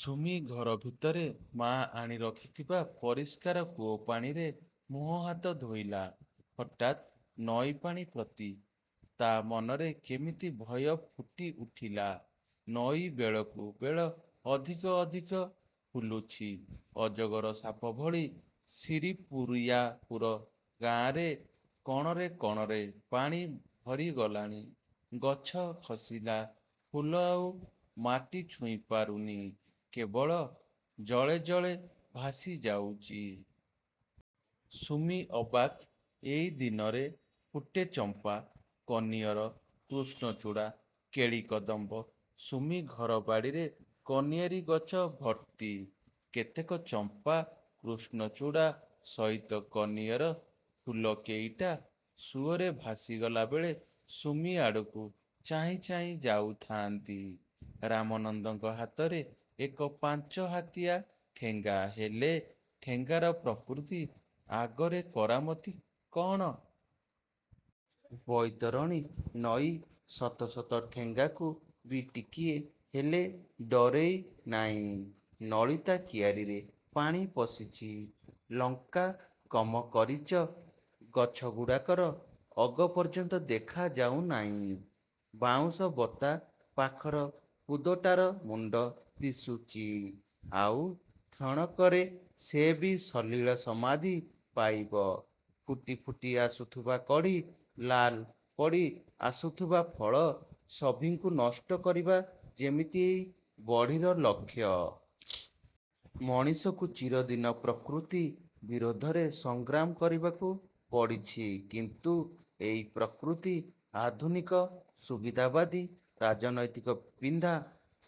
ସୁମି ଘରଭିତରେ ମା ଆଣି ରଖିଥିବା ପରିଷ୍କାର କୂଅପାଣିରେ ମୁଁହହାତ ଧୋଇଲା। ହଠାତ୍ ନଈପାଣି ପ୍ରତି ତା' ମନରେ କେମିତି ଭୟ ଫୁଟି ଉଠିଲା। ନଈ ବେଳକୁ ବେଳ ଅଧିକ ଅଧିକ ଫୁଲୁଛି–ଅଜଗର ସାପ ଭଳି। ଶିରିପୁରିଆପୁର ଗାଁରେ କଣରେ କଣରେ ପାଣି ଭରିଗଲାଣି। ଗଛ ଖସିଲା ଫୁଲ ଆଉ ମାଟି ଛୁଇଁପାରୁନି–କେବଳ ଜଳେ ଜଳେ ଭାସିଯାଉଚି। ସୁମି ଅବାକ୍। ଏଇ ଦିନରେ ଫୁଟେ ଚମ୍ପା, କନିଅର, କୃଷ୍ଣଚୂଡ଼ା, କେଳି-କଦମ୍ବ। ସୁମିଘର ବାଡ଼ିରେ କନିଅର ଗଛ ଭର୍ତ୍ତି। କେତେକ ଚମ୍ପା–କୃଷ୍ଣଚୂଡ଼ା ସହିତ କନିଅର ଫୁଲ କେଇଟା ସୁଅରେ ଭାସିଗଲା ବେଳେ ସୁମିଆଡ଼କୁ ଚାହିଁ ଚାହିଁ ଯାଉଥାନ୍ତି। ରାମାନନ୍ଦଙ୍କ ହାତରେ ଏକ ପାଞ୍ଚହାତିଆ ଠେଙ୍ଗା। ହେଲେ, ଠେଙ୍ଗାର ପ୍ରକୃତି ଆଗରେ କରାମତି କଣ? ବୈତରଣୀ ନଈ ଶତ ଶତ ଠେଙ୍ଗାକୁ ବି ଟିକିଏ ହେଲେ ଡରେନାଇଁ। ନଳିତା କିଆରୀରେ ପାଣି ପଶିଚି। ଲଙ୍କାକମକରିଚ ଗଛଗୁଡାକର ଅଗ ପର୍ଯ୍ୟନ୍ତ ଦେଖା ଯାଉନାଇଁ। ବାଉଁଶ ବତା ପାଖର କୁଦଟାର ମୁଣ୍ଡ ଦିଶୁଚି। ଆଉ କ୍ଷଣକରେ ସେ ବି ସଲିଳ ସମାଧି ପାଇବ। ଫୁଟି ଫୁଟି ଆସୁଥିବା କଢ଼ି, ଲାଲ ପଡ଼ି ଆସୁଥିବା ଫଳ–ସଭିଙ୍କୁ ନଷ୍ଟ କରିବା ଯେମିତି ଏଇ ବଢ଼ିର ଲକ୍ଷ୍ୟ। ମଣିଷକୁ ଚିରଦିନ ପ୍ରକୃତି ବିରୋଧରେ ସଂଗ୍ରାମ କରିବାକୁ ପଡ଼ିଛି କିନ୍ତୁ ଏଇ ପ୍ରକୃତି ଆଧୁନିକ ସୁବିଧାବାଦୀ ରାଜନୈତିକ ପିନ୍ଧା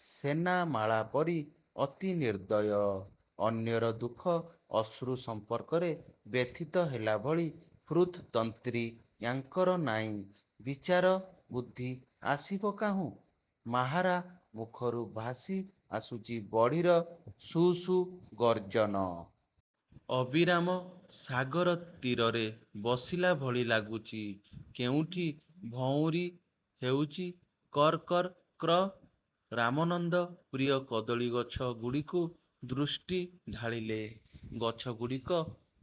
ସେନାମାଳା ପରି ଅତି ନିର୍ଦ୍ଦୟ। ଅନ୍ୟର ଦୁଃଖ-ଅଶ୍ରୁ ସମ୍ପର୍କରେ ବ୍ୟଥିତ ହେଲାଭଳି ହୃତ୍-ତନ୍ତ୍ରୀ ୟା'ଙ୍କର ନାଇଁ। ବିଚାର ବୁଦ୍ଧି ଆସିବ କାହୁଁ? ମାହାରା ମୁଖରୁ ଭାସି ଆସୁଚି ବଢ଼ିର ସୁ-ସୁ ଗର୍ଜନ। ଅବିରାମ। ସାଗର ତୀରରେ ବସିଲା ଭଳି ଲାଗୁଚି। କେଉଁଠି ଭଉଁରୀ ହେଉଚି–କର୍-କର୍ କ୍ର। ରାମାନନ୍ଦ ପ୍ରିୟ କଦଳୀଗଛଗୁଡ଼ିକୁ ଦୃଷ୍ଟି ଢାଳିଲେ। ଗଛଗୁଡ଼ିକ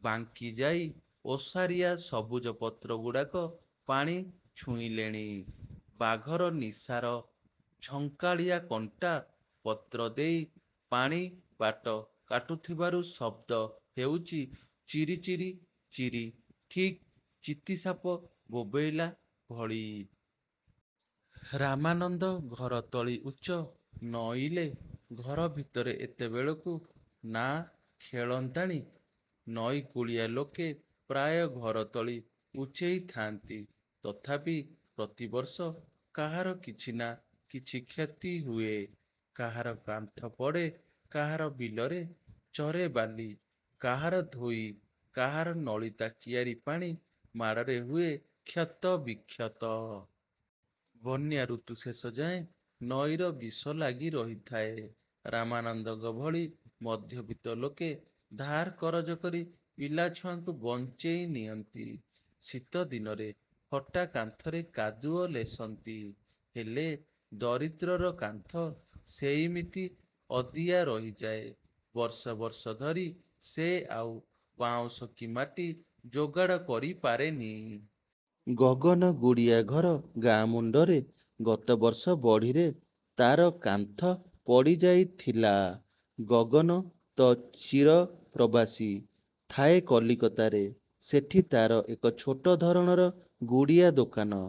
ବାଙ୍କିଯାଇ ଓସାରିଆ ସବୁଜ ପତ୍ରଗୁଡାକ ପାଣି ଛୁଇଁଲେଣି। ବାଘର ନିଶାର ଝଙ୍କାଳିଆ କଣ୍ଟା, ପତ୍ରଦେଇ ପାଣି ବାଟ କାଟୁଥିବାରୁ ଶବ୍ଦ ହେଉଚି–ଚିରି-ଚିରି-ଚିରି–ଠିକ୍ ଚିତିସାପ ବୋବେଇଲା ଭଳି। ରାମାନନ୍ଦ ଘରତଳି ଉଚ୍ଚ। ନଇଲେ ଘର ଭିତରେ ଏତେବେଳକୁ ନାଆ ଖେଳନ୍ତାଣି। ନଈକୂଳିଆ ଲୋକେ ପ୍ରାୟ ଘରତଳି ଉଚ୍ଚେଇଥାନ୍ତି। ତଥାପି ପ୍ରତିବର୍ଷ କାହାର କିଛି ନା କିଛି କ୍ଷତି ହୁଏ। କାହାର କାନ୍ଥ ପଡ଼େ–କାହାର ବିଲରେ ଚରେ ବାଲି–କାହାର ଧୋଇ। କାହାର ନଳିତା କିଆରୀ ପାଣି ମାଡ଼ରେ ହୁଏ କ୍ଷତବିକ୍ଷତ। ବନ୍ୟା ଋତୁ ଶେଷ ଯାଏଁ ନଈର ବିଷ ଲାଗି ରହିଥାଏ। ରାମାନନ୍ଦଙ୍କ ଭଳି ମଧ୍ୟବିତ୍ତ ଲୋକେ ଧାର କରଜ କରି ପିଲା ଛୁଆଙ୍କୁ ବଞ୍ଚେଇ ନିଅନ୍ତି। ଶୀତ ଦିନରେ ଫଟା କାନ୍ଥରେ କାଦୁଅ ଲେସନ୍ତି। ହେଲେ ଦରିଦ୍ରର କାନ୍ଥ ସେଇମିତି ଅଦିଆ ରହିଯାଏ। ବର୍ଷ ବର୍ଷ ଧରି ସେ ଆଉ ବାଉଁଶ କି ମାଟି ଯୋଗାଡ଼ କରିପାରେନି। ଗଗନଗୁଡ଼ିଆ ଘର ଗାଁ-ମୁଣ୍ଡରେ। ଗତ ବର୍ଷ ବଢ଼ିରେ ତାର କାନ୍ଥ ପଡ଼ି ଯାଇଥିଲା। ଗଗନ ତ ଚିର ପ୍ରବାସୀ। ଥାଏ କଲିକତାରେ। ସେଠି ତାର ଏକ ଛୋଟ ଧରଣର ଗୁଡ଼ିଆ ଦୋକାନ।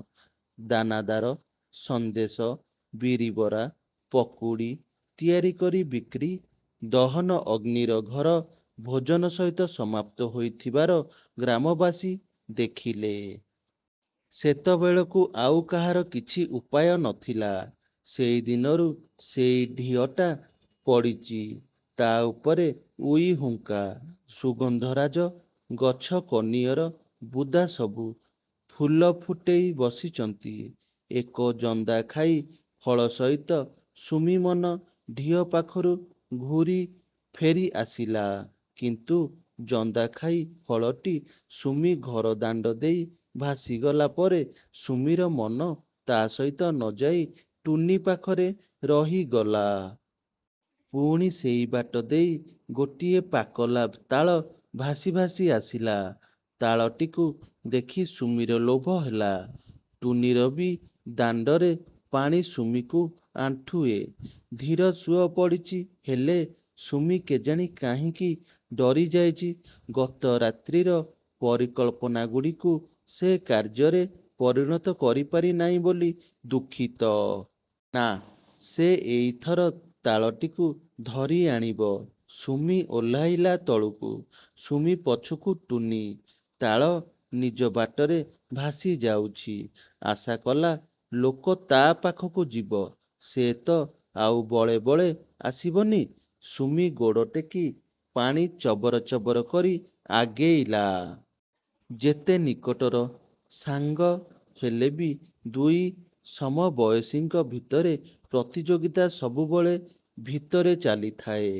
ଦାନାଦାର, ସନ୍ଦେଶ, ବିରିବରା, ପକୁଡ଼ି ତିଆରି କରି ବିକ୍ରି। ଦହନ ଅଗ୍ନିର ଘର ଭୋଜନ ସହିତ ସମାପ୍ତ ହୋଇଥିବାର ଗ୍ରାମବାସୀ ଦେଖିଲେ। ସେତେବେଳକୁ ଆଉ କାହାର କିଛି ଉପାୟ ନଥିଲା। ସେଇଦିନରୁ ସେଇ ଢିଅଟା ପଡ଼ିଚି। ତା ଉପରେ ଉଈହୁଙ୍କା। ସୁଗନ୍ଧରାଜ ଗଛ–କନିଅର ବୁଦା ସବୁ ଫୁଲ ଫୁଟେଇ ବସିଚନ୍ତି। ଏକ ଜନ୍ଦାଖାଇ ଫଳ ସହିତ ସୁମି ମନ ଢିଅ ପାଖରୁ ଘୂରି ଫେରି ଆସିଲା। କିନ୍ତୁ ଜନ୍ଦାଖାଇ ଫଳଟି ସୁମି-ଘର ଦାଣ୍ଡଦେଇ ଭାସିଗଲା ପରେ ସୁମିର ମନ ତା ସହିତ ନଯାଇ ଟୁନୀ ପାଖରେ ରହିଗଲା। ପୁଣି ସେଇବାଟ ଦେଇ ଗୋଟିଏ ପାକଲା ତାଳ ଭାସି ଭାସି ଆସିଲା, ତାଳଟିକୁ ଦେଖି ସୁମିର ଲୋଭ ହେଲା। ଟୁନୀର ବି। ଦାଣ୍ଡରେ ପାଣି ସୁମିକୁ ଆଣ୍ଠୁଏ;–ଧୀର ସୁଅ ପଡ଼ିଚି। ହେଲେ ସୁମି କେଜାଣି କାହିଁକି ଡରି ଯାଇଚି। ଗତ ରାତ୍ରିର ପରିକଳ୍ପନାଗୁଡ଼ିକୁ ସେ କାର୍ଯ୍ୟରେ ପରିଣତ କରିପାରି ନାଇଁ ବୋଲି ଦୁଃଖିତ। ନା–ସେ ଏଇଥର ତାଳଟିକୁ ଧରି ଆଣିବ। ସୁମି ଓହ୍ଲେଇଲା ତଳକୁ। ସୁମି ପଛକୁ ଟୁନୀ। ତାଳ ନିଜ ବାଟରେ ଭାସି ଯାଉଛି। ଆଶା କଲା ଲୋକ ତା ପାଖକୁ ଯିବ। ସେ ତ ଆଉ ବଳେ ବଳେ ଆସିବନି। ସୁମି ଗୋଡ଼ ଟେକି ପାଣି ଚବର୍ ଚବର୍ କରି ଆଗେଇଲା। ଯେତେ ନିକଟର ସାଙ୍ଗ ହେଲେ ବି ଦୁଇ ସମବୟସୀଙ୍କ ଭିତରେ ପ୍ରତିଯୋଗିତା ସବୁବେଳେ ଭିତରେ ଚାଲିଥାଏ।